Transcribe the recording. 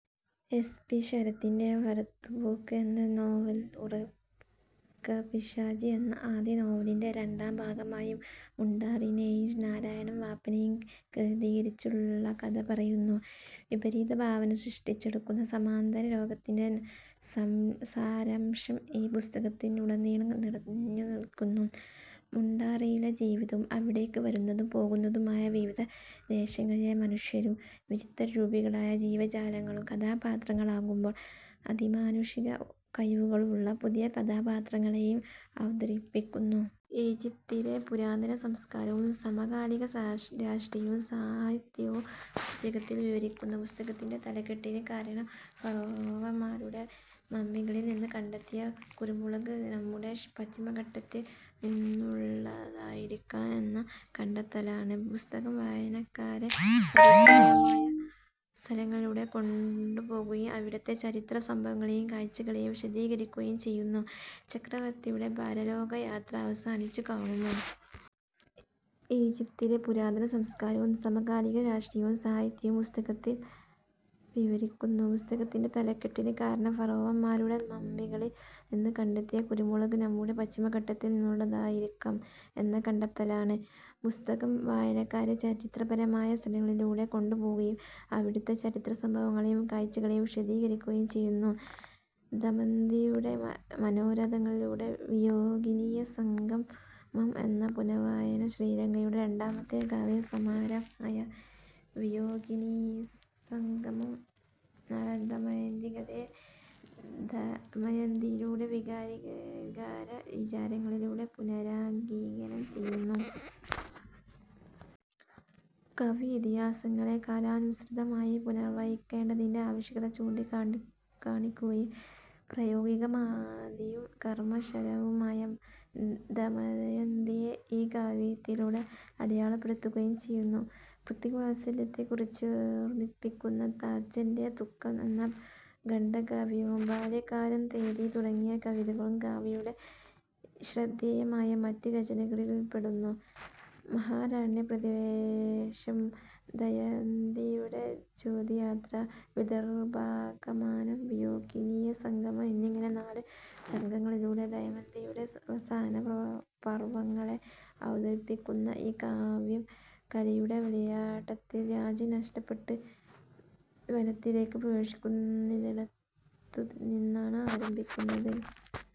S. P. ശരത്തിന്റെ 'വരത്തുപോക്ക്' എന്ന നോവൽ, 'ഉറക്കപ്പിശാച്' എന്ന ആദ്യ നോവലിന്റെ രണ്ടാം ഭാഗമായി, മുണ്ടാറിനെയും നാരായണൻ വാപ്പനെയും കേന്ദ്രീകരിച്ചുള്ള കഥ പറയുന്നു. വിപരീത ഭാവന സൃഷ്ടിച്ചെടുക്കുന്ന സമാന്തര ലോകത്തിന്റെ സാരാംശം ഈ പുസ്തകത്തിലുടനീളം നിറഞ്ഞുനിൽക്കുന്നു. മുണ്ടാറിലെ ജീവിതവും അവിടേക്ക് വരുന്നതും പോകുന്നതുമായ വിവിധ ദേശങ്ങളിലെ മനുഷ്യരും, വിചിത്ര രൂപികളായ ജീവജാലങ്ങളും കഥാപാത്രങ്ങളാകുമ്പോൾ, അതിമാനുഷിക കഴിവുകളുള്ള പുതിയ കഥാപാത്രങ്ങളെയും അവതരിപ്പിക്കുന്നു. ഈജിപ്തിലെ പുരാതന സംസ്കാരവും സമകാലിക രാഷ്ട്രീയവും സാഹിത്യവും പുസ്തകത്തിൽ വിവരിക്കുന്നു. പുസ്തകത്തിന്റെ തലക്കെട്ടിന് കാരണം, ഫറോവമാരുടെ മമ്മികളിൽ നിന്ന് കണ്ടെത്തിയ കുരുമുളക്, നമ്മുടെ പശ്ചിമഘട്ടത്തിൽ നിന്നുള്ളതായിരിക്കാം എന്ന കണ്ടെത്തലാണ്. പുസ്തകം വായനക്കാരെ ചരിത്രപരമായ സ്ഥലങ്ങളിലൂടെ കൊണ്ടുപോകുകയും അവിടുത്തെ ചരിത്ര സംഭവങ്ങളെയും കാഴ്ചകളെയും വിശദീകരിക്കുകയും ചെയ്യുന്നു. ചക്രവർത്തിയുടെ പരലോകയാത്ര അവസാനിച്ചു കാണുമോ? ഈജിപ്തിലെ പുരാതന സംസ്കാരവും സമകാലിക രാഷ്ട്രീയവും സാഹിത്യവും പുസ്തകത്തിൽ വിവരിക്കുന്നു. പുസ്തകത്തിന്റെ തലക്കെട്ടിന് കാരണം, ഫറോവമാരുടെ മമ്മികളിൽ നിന്ന് കണ്ടെത്തിയ കുരുമുളക്, നമ്മുടെ പശ്ചിമഘട്ടത്തിൽ നിന്നുള്ളതായിരിക്കാം എന്ന കണ്ടെത്തലാണ്. പുസ്തകം വായനക്കാരെ ചരിത്രപരമായ സ്ഥലങ്ങളിലൂടെ കൊണ്ടുപോകുകയും അവിടുത്തെ ചരിത്ര സംഭവങ്ങളെയും കാഴ്ചകളെയും വിശദീകരിക്കുകയും ചെയ്യുന്നു. ദമയന്തിയുടെ മനോരഥങ്ങളിലൂടെ; വിയോഗിനീസംഗമം എന്ന പുനർവായന ശ്രീകലയുടെ രണ്ടാമത്തെ കാവ്യസമാഹാരമായ വിയോഗിനീസംഗമം, നളദമയന്തി കഥയെ ദമയന്തിയുടെ വികാരവിചാരങ്ങളിലൂടെ പുനരാഖ്യാനം ചെയ്യുന്നു. കവി, ഇതിഹാസങ്ങളെ കാലാനുസൃതമായി പുനർവായിക്കേണ്ടതിൻ്റെ ആവശ്യകത ചൂണ്ടിക്കാണിക്കുകയും, പ്രായോഗികമതിയും കർമ്മകുശലയുമായ ദമയന്തിയെ ഈ കാവ്യത്തിലൂടെ അടയാളപ്പെടുത്തുകയും ചെയ്യുന്നു. പിതൃവാത്സല്യത്തെക്കുറിച്ചോർമ്മിപ്പിക്കുന്ന 'തച്ചന്റെ ദുഃഖം' എന്ന ഖണ്ഡകാവ്യവും, 'ബാല്യകാലം', 'തേതി' തുടങ്ങിയ കവിതകളും കവിയുടെ ശ്രദ്ദേയമായ മറ്റ് രചനകളിൽപ്പെടുന്നു. മഹാരണ്യപ്രവേശം, ദമയന്തിയുടെ ചേദിയാത്ര, വിദർഭാഗമനം, വിയോഗിനീസംഗമം എന്നിങ്ങനെ നാല് സർഗ്ഗങ്ങളിലൂടെ ദമയന്തിയുടെ സഹനപർവ്വങ്ങളെ അവതരിപ്പിക്കുന്ന ഈ കാവ്യം, കലിയുടെ വിളയാട്ടത്തിൽ രാജ്യം നഷ്ടപ്പെട്ട് വനത്തിലേക്ക് പ്രവേശിക്കുന്നിടത്തുനിന്നാണ് ആരംഭിക്കുന്നത്.